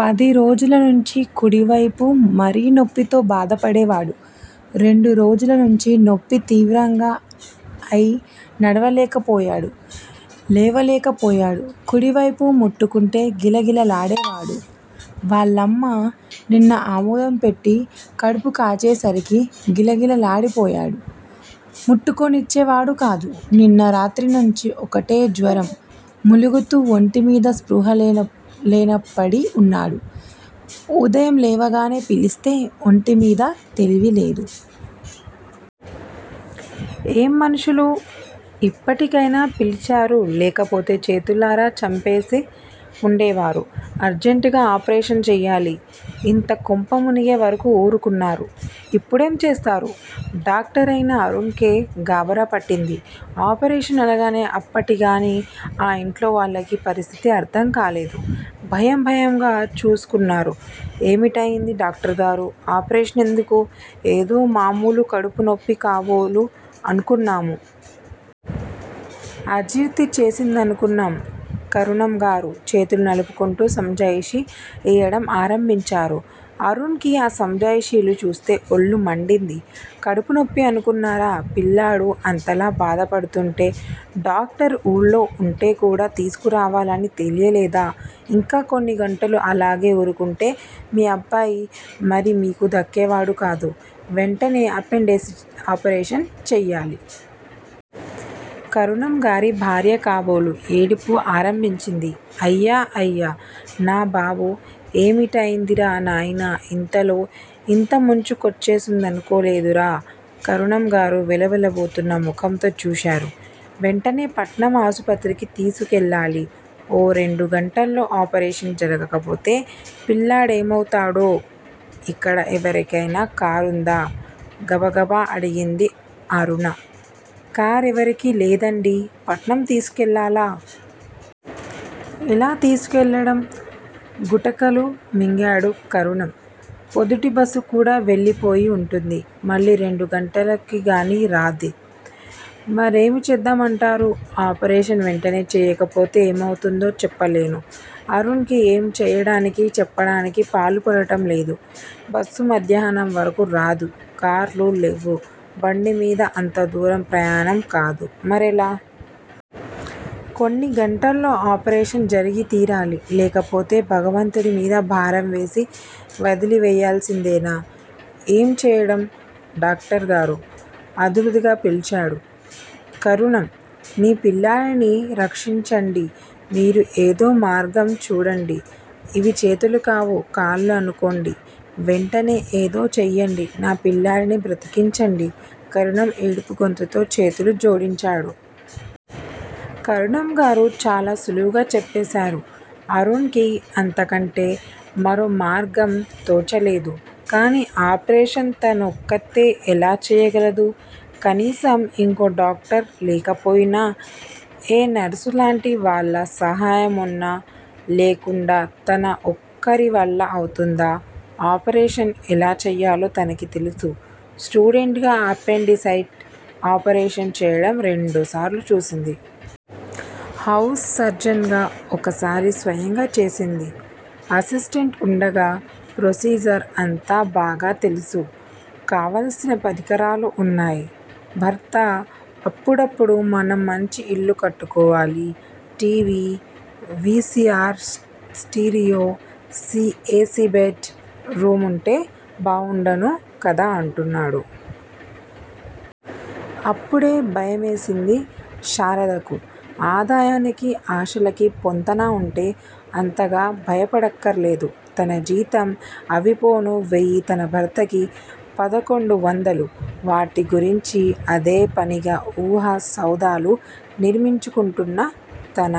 పదిరోజులనించి కుడివైపు మరి నొప్పితో బాధపడేవాడు, రెండు రోజులనించి నొప్పి తీవ్రంగా అయినడవలేకపోయాడు. లేవలేకపోయాడు. కుడివైపు ముట్టుకుంటే గిలగిల లాడేవాడు. వాళ్ళమ్మ నిన్న ఆముదం పెట్టి కడుపుకాచేసరికి గిలగిలలాడిపోయి ముట్టుకోనిచ్చేవాడుకాదు. నిన్న రాత్రినించి ఒకటే జ్వరం మూలుగుతూ ఒంటిమీద స్పృహలేనపడి ఉన్నాడు. ఉదయంలేవగానే పిలిస్తే ఒంటిమీద తెలివిలేదు. ఏం మనుషులు. ఇప్పటికయినా పిలిచారు లేకపోతే చేతులారా చంపేసి ఉండేవారు. అర్జెంటుగా ఆపరేషన్ చేయాలి. ఇంతకొంపమునిగే వరకు ఊరుకున్నారు. ఇప్పుడేం చేస్తారు? డాక్టరయినా అరుణ్ కే గాభరాపట్టింది. ఆపరేషన్ అనగానే అప్పటికిగాని ఆ ఇంట్లోవాళ్ళకి పరిస్థితి అర్ధంకాలేదు. భయంభయంగా చూసుకున్నారు. ఏమిటయింది డాక్టరుగారూ? ఆపరేషన్ ఎందుకు? ఏదో మామూలుకడుపునొప్పి కాబోలు అనుకున్నాము. అజీర్తిచేసిందనుకున్నాం కరణంగారు చేతులునలుపుకుంటూ సంజాయిషీ ఈయడం ఆరంభించారు. అరుణ్ కి ఆ సంజాయిషీలు చూస్తే ఒళ్ళు మండింది కడుపు నొప్పి అనుకున్నారా? పిల్లాడు అంతలాబాధపడుతుంటే డాక్టరు ఊళ్ళో ఉంటేకూడా తీసుకురావాలని తెలియలేదా? ఇంకా కొన్ని గంటలు అలాగే ఊరుకుంటే మీ అబ్బాయి మరిమీకు దక్కేవాడుకాదు. వెంటనే అపెండిసైటీస్ ఆపరేషన్ చేయాలి. కరణంగారి భార్య కాబోలు ఏడుపు ఆరంభించింది అయ్యో అయ్యో నా బాబో ఏమిటయిందిరా నాయనా ఇంతలో ఇంతముంచుకొస్తుందనుకోలేదురా కరణంగారు వెలవెలబోతున్న ముఖంతో చూశారు. వెంటనేపట్నం ఆస్పత్రికి తీసుకెళ్ళాలి. ఓ రెండు గంటల్లో ఆపరేషన్ జరగకపోతే పిల్లాడేమవుతాడో? ఇక్కడ ఎవరికైనా కారుందా? గబగబా అడిగింది అరుణ. కారెవరికీ లేదండీ పట్నంతీసుకెళ్ళాలా? ఎలాతీసుకెళ్ళడం? గుటకలు మింగాడు కరణం. ప్రొద్దుటిబస్సుకూడా వెళ్ళిపోయి ఉంటుంది. మళ్ళీ రెండు గంటలకి గానీరాదే? మరేమీచేద్దామంటారు? ఆపరేషన్ వెంటనే చెయ్యకపోతే ఏమవుతుందో చెప్పలేను. అరుణ్ కి ఏం చెయ్యడానికి చెప్పడానికి పాలుపోవడంలేదు. బస్సు మధ్యాహ్నం వరకు రాదు. కార్లు లేవు, బండిమీద అంత దూరంప్రయాణం కాదు. మరిఎలా? కొన్ని గంటల్లో ఆపరేషన్ జరిగి తీరాలి లేకపోతే భగవంతుడిమీద భారం వేసి వదిలివేయవలసిందేనా? ఏం చెయ్యడం? డాక్టరుగారూ: ఆదుర్దాగా పిలిచాడు కరణం. నా పిల్లాడిని రక్షించండి మీరే ఏదో మార్గం చూడండి ఇవి చేతులు కావు. కాళ్ళనుకోండి వెంటనేఏదో చేయండి నాపిల్లాడిని బ్రతికించండి కరణం ఏడుపు గొంతుతో చేతులు జోడించాడు. కరణంగారు చాలా సులువుగా చెప్పేశారు. అరుణ్ కి అంతకంటే మరో మార్గంతోచలేదు కానీ ఆపరేషన్ తను ఒక్కర్తీ ఎలా చేయగలదు? కనీసం ఇంకో డాక్టరు లేకపోయినా ఏ నర్సులాంటి వాళ్ళసహాయమన్నా లేకుండా తన ఒక్కరివల్ల అవుతుందా? ఆపరేషన్ ఎలా చెయ్యాలో తనకి తెలుసు స్టూడెంట్ గా అపెండిసైటిస్ ఆపరేషన్ చేయడం రెండుసార్లు చూసింది. హౌస్ సర్జన్ గా ఒకసారి స్వయంగా చేసింది. అసిస్టెంట్ ఉండగా ప్రొసీజర్ అంతా బాగాతెలుసు కావాల్సిన పరికరాలు ఉన్నాయి. భర్త అప్పుడప్పుడు మనం మంచి ఇల్లు కట్టుకోవాలి T. V, V. C. R stereo A. C. Bedroom ఉంటే బావుండను కదా అంటుంటాడు. అప్పుడే భయమేసేది శారదకు. ఆదాయానికి, ఆశలకి పొంతన ఉంటే అంతగా భయపడక్కర్లేదు. తన జీతం అవిపోను వెయ్యి తన భర్తకి పదకొండు వందలు. వాటి గురించి అదే పనిగా ఊహా సౌధాలు నిర్మించుకుంటున్న తన